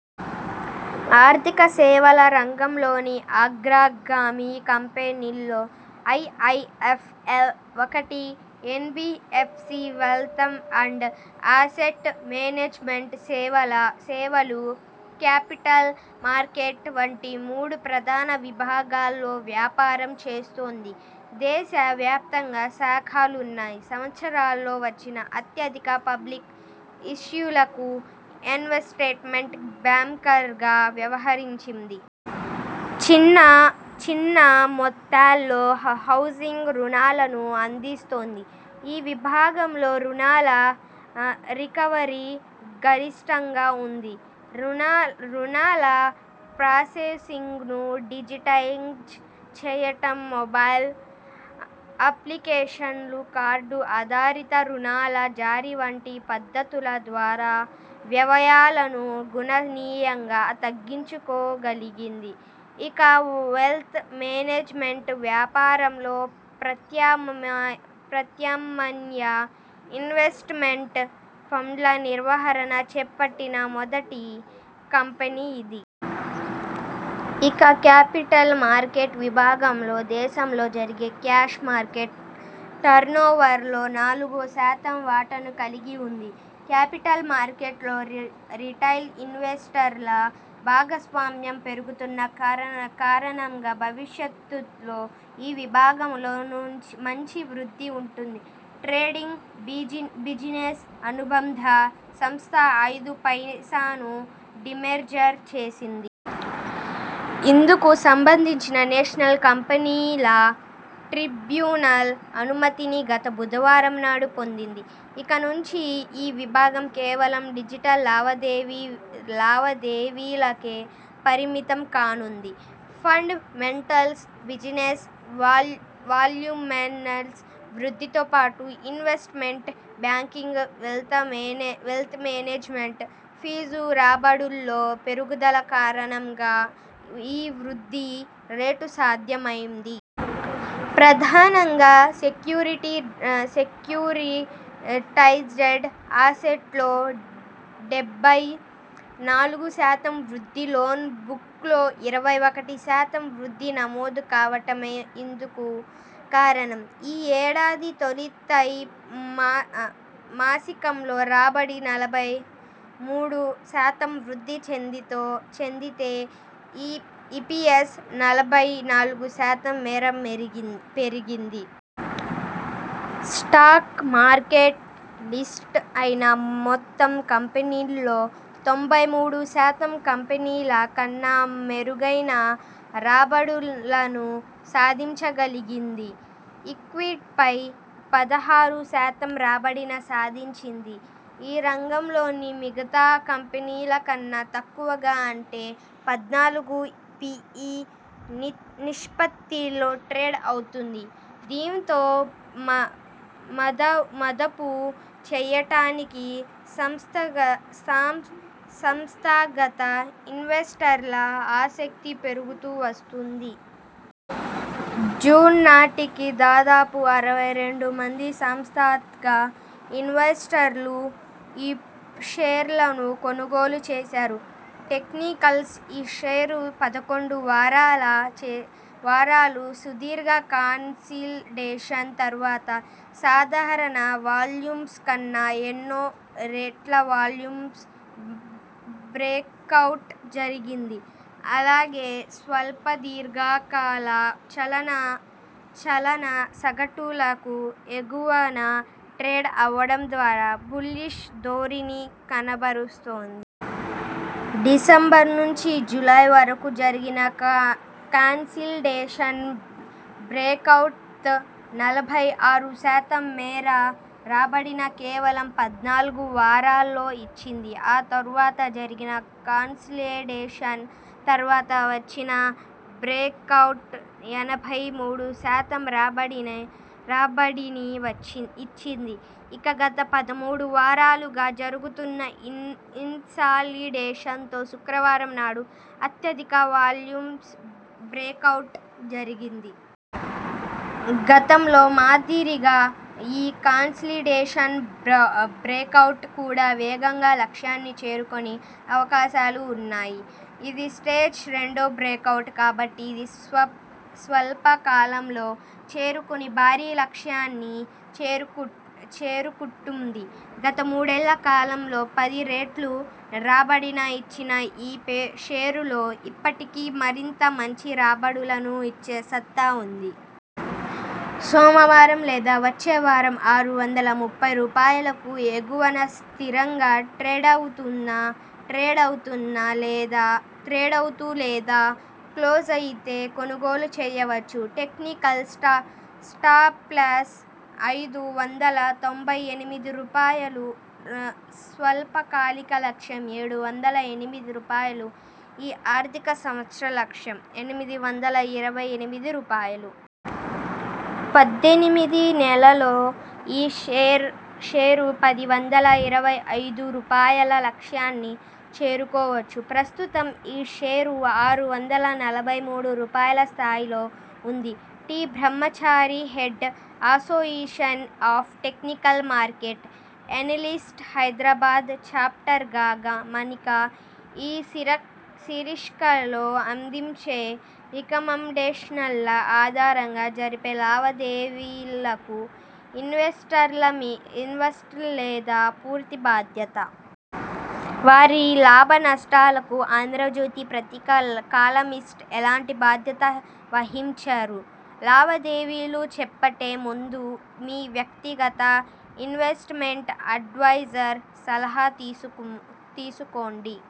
ఆర్థిక సేవల రంగంలోని అగ్రగామి కంపె నీల్లో ఐఐఎఫ్ఎల్ ఒకటి. NBFC, wealth and asset management సేవలు, క్యాపిటల్ మార్కెట్ వంటి మూడు ప్రధాన విభాగాల్లో వ్యాపారం చేస్తోంది. దేశ వ్యాప్తంగా శాఖలున్నాయి., సంవత్సరాల్లో వచ్చిన అత్యధిక పబ్లిక్ ఇష్యూలకు ఇన్వెస్ట్మెంట్ బ్యాంకర్గా వ్యవహరించింది. చిన్న మొత్తాల్లో హౌజింగ్ రుణాలను అందిస్తోంది. ఈ విభాగంలో రుణాల రికవరీ గరిష్ఠంగా ఉంది. రుణా ల ప్రాసెసింగ్ను డిజిటైజ్ చేయటం, మొబైల్ అప్లికేషన్లు, కార్డు ఆధారిత రుణాల జారీ వంటి పద్దతుల ద్వారా వ్యవాయాలను గణనీయంగా తగ్గించు కోగలిగింది. ఇక వెల్త్ మేనేజ్మెంట్ వ్యాపారంలో ప్రత్యామ్నాయ ఇన్వెస్ట్మెంట్ ఫండ్ల నిర్వహణల చేపట్టిన మొదటి కంపెనీ ఇది. ఇక క్యాపిటల్ మార్కెట్ విభాగంలో దేశంలో జరిగే క్యాష్ మార్కెట్ టర్నోవర్లో నాలుగు శాతం వాటాను కలిగి ఉంది. క్యాపిటల్ మార్కెట్లో రిటైల్ ఇన్వెస్టర్ల భాగస్వామ్యం పెరుగుతున్న కారణంగా భవిష్యత్లో ఈ విభాగంలో మంచి వృద్ధి ఉంటుంది. ట్రేడింగ్ బిజినెస్ అనుబంధ సంస్థ ఐదు పైసాను డీమెర్జర్ చేసింది. ఇందుకు సంబంధించినా నేషనల్ కంపెనీ లా ట్రిబ్యునల్ అనుమతిని గత బుధవారం నాడు పొందింది. ఇక నుంచి ఈ విభాగం కేవలం డిజిటల్ లావాదేవీలకే పరిమితం కానుంది. ఫండ మెంటల్స్ బిజినెస్ వాల్యూమ్స్లో వృద్ధితో పాటు investment banking, wealth management fees రాబడుల్లో పెరుగుదల కారణంగా ఈ వృద్ధి రేటు సాధ్యమైంది. ప్రధానంగా సెక్యూరిటైజ్డ్ అసెట్స్లో డెబ్బై నాలుగు శాతం వృద్ధి, లోన్ బుక్లో ఇరవై ఒకటి శాతం వృద్ధి నమోదు కావటమే ఇందుకు కారణం. ఈ ఏడాది తొలి త్రైమాసికంలో రాబడి నలభై మూడు శాతం వృద్ధి చెందితే ఇపిఎస్ నలభై నాలుగు శాతం మేర పెరిగింది. స్టాక్ మార్కెట్ లిస్ట్ అయిన మొత్తం కంపెనీల్లో తొంభై మూడు శాతం కంపెనీల కన్నా మెరుగైన రాబడులను సాధించగలిగింది. ఈక్విటీపై పదహారు శాతం రాబడిని సాధించింది. ఈ రంగంలోని మిగతా కంపెనీల కన్నా తక్కువగా అంటే పద్నాలుగు పిఇ నిష్పత్తిలో ట్రేడ్ అవుతోంది. దీంతో మదుపు చేయటానికి సంస్థాగత ఇన్వెస్టర్ల ఆసక్తి పెరుగుతూ వస్తోంది. జూన్ నాటికి దాదాపు అరవై రెండు మంది సంస్థాగత ఇన్వెస్టర్లు ఈ షేర్లను కొనుగోలు చేశారు. టెక్నికల్స్ ఈ షేరు పదకొండు వారా లు సుదీర్ఘ కన్సాలిడేషన్ తర్వాత సాధారణ వాల్యూమ్స్ కన్నా ఎన్నో రెట్ల వాల్యూమ్స్తో బ్రేకౌట్ జరిగింది. అలాగే స్వల్ప దీర్ఘకాల చలన సగటులకు ఎగువన ట్రేడ్ అవడం ద్వారా బుల్లిష్ ధోరణిని కనబరుస్తోంది. డిసెంబరు నుంచి జూలై వరకు జరిగిన కన్సాలిడేషన్ బ్రేకౌట్తో నలభై ఆరు శాతం మేర రాబడిని కేవలం పద్నాలుగు వారాల్లో ఇచ్చింది. ఆ తర్వాత జరిగిన కన్సాలిడేషన్ తర్వాత వచ్చిన బ్రేకౌట్ ఎనభై మూడు శాతం రాబడిని ఇచ్చింది. ఇక గత పదమూడు వారాలుగా జరుగుతున్న ఇన్సాలిడేషన్తో శుక్రవారం నాడు అత్యధిక వాల్యూమ్స్ బ్రేకౌట్ జరిగింది. గతంలో మాదిరిగా ఈ కన్సాలిడేషన్ బ్రేకౌట్ కూడా వేగంగా లక్ష్యాన్ని చేరుకునే అవకాశాలున్నాయి. ఇది స్టేజ్ రెండు బ్రేకౌట్ కాబట్టి అతి స్వల్ప కాలంలో చేరుకుని భారీ లక్ష్యాన్ని చేరుకుంటుంది. గత మూడేళ్ల కాలంలో పది రెట్లు రాబడిని ఇచ్చిన ఈ షేరులో ఇప్పటికీ మరింత మంచి రాబడులను ఇచ్చే సత్తా ఉంది. సోమవారం లేదా వచ్చే వారం ఆరు వందల ముప్పై రూపాయలకు ఎగువన స్థిరంగా త్రెడావ్తునా ట్రేడవుతూ లేదా క్లోజయితే కొనుగోలు చేయవచ్చు. టెక్నికల్ స్టాప్లాస్ ఐదు వందల తొంభై ఎనిమిది రూపాయలు. స్వల్ప కాలిక లక్ష్యం ఏడు వందల ఎనిమిది రూపాయలు. ఈ ఆర్థిక సంవత్సర లక్ష్యం ఎనిమిది వందల ఇరవై ఎనిమిది రూపాయలు. పద్దెనిమిది నెలల్లో ఈ షేరు పది వందల ఇరవై ఐదు రూపాయల లక్ష్యాన్ని చేరుకోవచ్చు. ప్రస్తుతం ఈ షేరు ఆరు వందల నలభై మూడు రూపాయల స్థాయిలో ఉంది. T Brahmachari head, association of technical market analyst, Hyderabad చాప్టర్గ మనిక ఈ శీర్షికలో అందించే రికమండేషన్ల ఆధారంగా జరిపే లావాదేవీలకు ఇన్వెస్టర్ల లేద పూర్తి బాధ్యత. వారి లాభ నష్టాలకు ఆంధ్రజ్యోతి పత్రిక, కాలమిస్ట్ ఎలాంటి బాధ్యత వహించరు. లావాదేవీలు చేపట్టే ముందు మీ వ్యక్తిగత ఇన్వె్స్టమెంట్ అడ్వైజర్ సలహా తీసుకోండి.